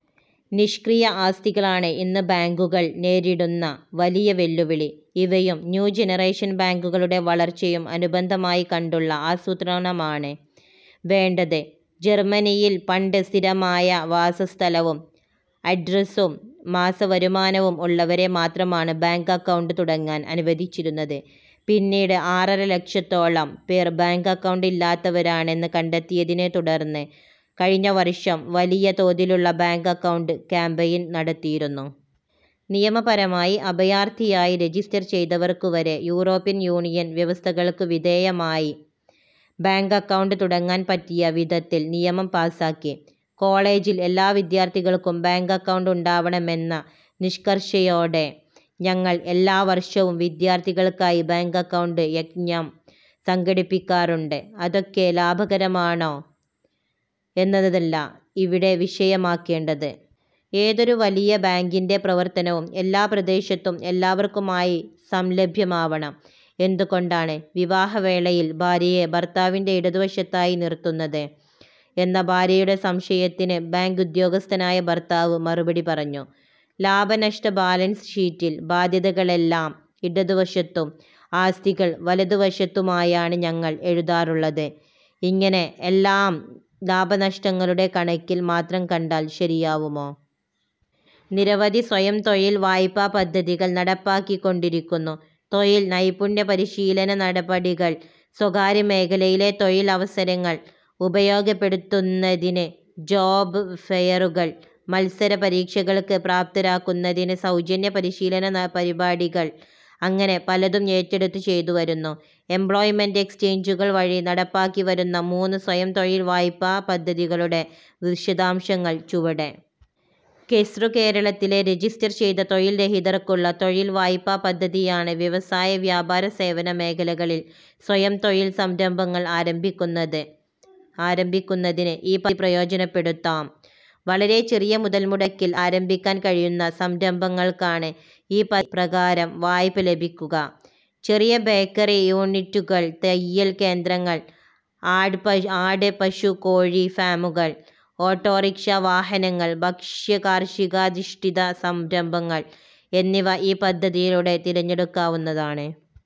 നിഷ്ക്രിയ ആസ്തികളാണ് ഇന്ന് ബാങ്കുകൾ നേരിടുന്ന വലിയ വെല്ലുവിളി. ഇവയും ന്യൂ ജനറേഷൻ ബാങ്കുളുടെ വളർച്ചയും അനുബന്ധമായി കണ്ടുള്ള ആസൂത്രണമാണ് വേണ്ടത്. ജർമനിയിൽ പണ്ട് സ്ഥിരമായ വാസസ്ഥലവും അഡ്രസും മാസവരുമാനവും ഉള്ളവരെ മാത്രമാണ് ബാങ്ക് അക്കൗണ്ട് തുടങ്ങാൻ അനുവദിച്ചിരുന്നത്. പിന്നീട് ആറര ലക്ഷത്തോളം പേർ ബാങ്ക് അക്കൗണ്ട് ഇല്ലാത്തവരാണെന്ന് കണ്ടെത്തിയതിനെ തുടർന്ന് കഴിഞ്ഞവർഷം വലിയ തോതിലുള്ള ബാങ്ക് അക്കൗണ്ട് കാമ്പയിൻ നടത്തിയിരുന്നു. നിയമപരമായി അഭയാർഥിയായി രജിസ്റ്റർ ചെയ്തവർക്കുവരെ യൂറോപ്യൻ യൂണിയൻ വ്യവസ്ഥകൾക്കു വിധേയമായി ബാങ്ക് അക്കൗണ്ട് തുടങ്ങാൻ പറ്റിയ വിധത്തിൽ നിയമം പാസ്സാക്കി. കോളേജിൽ എല്ലാ വിദ്യാർഥികൾക്കും ബാങ്ക് അക്കൗണ്ട് ഉണ്ടാവണമെന്ന നിഷ്കർഷയോടെ ഞങ്ങൾ എല്ലാ വർഷവും വിദ്യാർത്ഥികൾക്കായി ബാങ്ക് അക്കൗണ്ട് യജ്ഞം സംഘടിപ്പിക്കാറുണ്ട്. അതൊക്കെ ലാഭകരമാണോ എന്നതല്ല ഇവിടെ വിഷയമാക്കേണ്ടത്. ഏതൊരു വലിയ ബാങ്കിന്റെ പ്രവർത്തനവും എല്ലാ പ്രദേശത്തും എല്ലാവർക്കുമായി സംലഭ്യമാവണം. എന്തുകൊണ്ടാണ് വിവാഹവേളയിൽ ഭാര്യയെ ഭർത്താവിന്റെ ഇടതുവശത്തായി നിർത്തുന്നത് എന്ന ഭാര്യയുടെ സംശയത്തിന് ബാങ്ക് ഉദ്യോഗസ്ഥനായ ഭർത്താവ് മറുപടി പറഞ്ഞു:'ലാഭനഷ്ട ബാലൻസ് ഷീറ്റിൽ ബാധ്യതകളെല്ലാം ഇടതുവശത്തും ആസ്തികൾ വലതു വശത്തുമായാണ് ഞങ്ങൾ എഴുതാറുള്ളത്. ''ഇങ്ങനെ എല്ലാം ലാഭനഷ്ടങ്ങളുടെ കണക്കിൽ മാത്രം കണ്ടാൽ ശരിയാവുമോ. നിരവധി സ്വയംതൊഴിൽ വായ്പാ പദ്ധതികൾ നടപ്പാക്കിക്കൊണ്ടിരിക്കുന്നു. തൊഴിൽ നൈപുണ്യ പരിശീലന പരിപാടികൾ, സ്വകാര്യ മേഖലയിലെ തൊഴിൽ അവസരങ്ങൾ ഉപയോഗപ്പെടുത്തുന്നതിന് ജോബ് ഫെയറുകൾ, മത്സര പരീക്ഷകൾക്ക് പ്രാപ്തരാക്കുന്നതിന് സൗജന്യ പരിശീലന പരിപാടികൾ അങ്ങനെ പലതും ഏറ്റെടുത്തു ചെയ്തുവരുന്നു. എംപ്ലോയ്മെന്റ് എക്സ്ചേഞ്ചുകൾ വഴി നടപ്പാക്കിവരുന്ന മൂന്ന് സ്വയംതൊഴിൽ വായ്പാ പദ്ധതികളുടെ വിശദാംശങ്ങൾ ചുവടെ:. കെസ്റു കേരളത്തിലെ രജിസ്റ്റർ ചെയ്ത തൊഴിൽരഹിതർക്കുള്ള തൊഴിൽ വായ്പാ പദ്ധതിയാണിത്. വ്യവസായവ്യാപാരസേവന മേഖലകളിൽ സ്വയംതൊഴിൽ സംരംഭങ്ങൾ ആരംഭിക്കുന്നതിന് ഈ പദ്ധതി പ്രയോജനപ്പെടുത്താം. വളരെ ചെറിയ മുതൽമുടക്കിൽ ആരംഭിക്കാൻ കഴിയുന്ന സംരംഭങ്ങൾക്കാണ് ഈ പദ്ധതി പ്രകാരം വായ്പ ലഭിക്കുക. ചെറിയ ബേക്കറി യൂണിറ്റുകൾ, തയ്യൽ കേന്ദ്രങ്ങൾ, ആട്പശുകോഴി ഫാമുകൾ, ഓട്ടോറിക്ഷാ വാഹനങ്ങൾ, ഭക്ഷ്യകാർഷികാധിഷ്ഠിത സംരംഭങ്ങൾ എന്നിവ ഈ പദ്ധതിയിലൂടെ തിരഞ്ഞെടുക്കാവുന്നതാണ്.